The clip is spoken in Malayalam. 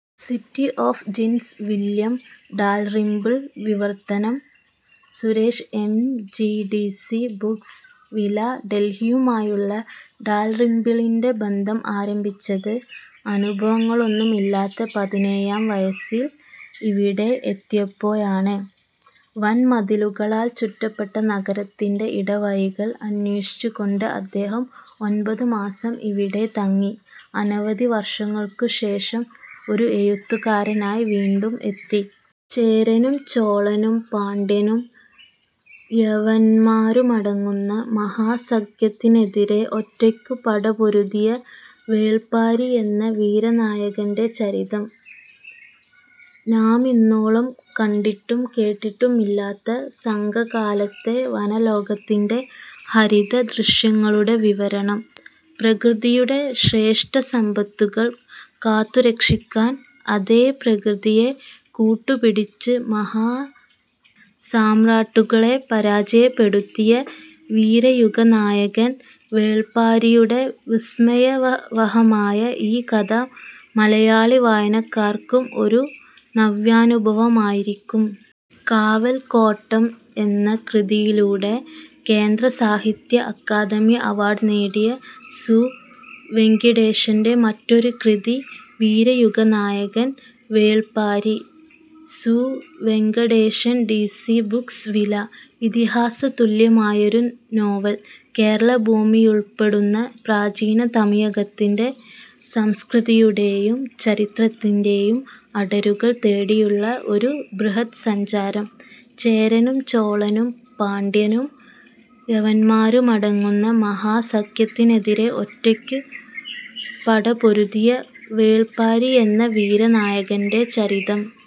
City of Djinns William Dalrymple വിവർത്തനം: Suresh M. G D C Books വില: ഡൽഹിയുമായുള്ള ഡാൽറിമ്പിളിന്റെ ബന്ധം ആരംഭിച്ചത്, അനുഭവങ്ങളൊന്നുമില്ലാത്ത പതിനേഴാം വയസ്സിൽ ഇവിെട എത്തിയപ്പോഴാണ്. വൻമതിലുകളാൽ ചുറ്റപ്പെട്ട നഗരത്തിന്റ് ഇടവഴികൾ അന്വേഷിച്ചുകൊണ്ട് അദ്ദേഹം ഒൻപത് മാസം ഇവിടെ തങ്ങി. അനവധി വർഷങ്ങൾക്കു ശേഷം, ഒരു എഴുത്തുകാരനായി വീണ്ടും എത്തി. ചേരനും ചോളനും പാണ്ഡ്യനും യവനന്മാരുമടങ്ങുന്ന മഹാസഖ്യത്തിനെതിരേ ഒറ്റയ്ക്കു പടപൊരുതിയ വേൾപാരി എന്ന വീരനായകന്റെ ചരിതം. നാമിന്നോളം കണ്ടിട്ടും കേട്ടിട്ടുമില്ലാത്ത സംഘകാലത്തെ വനലോകത്തിന്റെ ഹരിതദൃശ്യങ്ങളുടെ വിവരണം. പ്രകൃതിയുടെ ശ്രേഷ്ഠസമ്പത്തുകൾ കാത്തുരക്ഷിക്കാൻ, അതേ പ്രകൃതിയെ കൂട്ടുപിടിച്ച് മഹാസമ്രാട്ടുകളെ പരാജയപ്പെടുത്തിയ വീരയുഗനായകൻ വേൾപാരിയുടെ വിസ്മയാവഹമായ ഈ കഥ മലയാളിവായനക്കാർക്കും ഒരു നവ്യാനുഭവമായിരിക്കും. കാവൽക്കോട്ടം എന്ന കൃതിയിലൂടെ കേന്ദ്രസാഹിത്യ അക്കാദമി അവാർഡ് നേടിയ സു. വെങ്കിടേശന്റെ മറ്റൊരു കൃതി വീരയുഗനായകൻ Velpari – Su. Venkatesan D C Books വില: ഇതിഹാസതുല്യമായൊരു നോവൽ. കേരളഭൂമിയുൾപ്പെടുന്ന പ്രാചീന തമിഴകത്തിന്റെ സംസ്കൃതിയുടെയും ചരിത്രത്തിന്റെയും അടരുകൾ തേടിയുള്ള ഒരു ബൃഹദ്സഞ്ചാരം. ചേരനും ചോളനും പാണ്ഡ്യനും യവനന്മാരുമടങ്ങുന്ന മഹാസഖ്യത്തിനെതിരേ ഒറ്റയ്ക്കു പടപൊരുതിയ വേൾപാരി എന്ന വീരനായകന്റെ ചരിതം.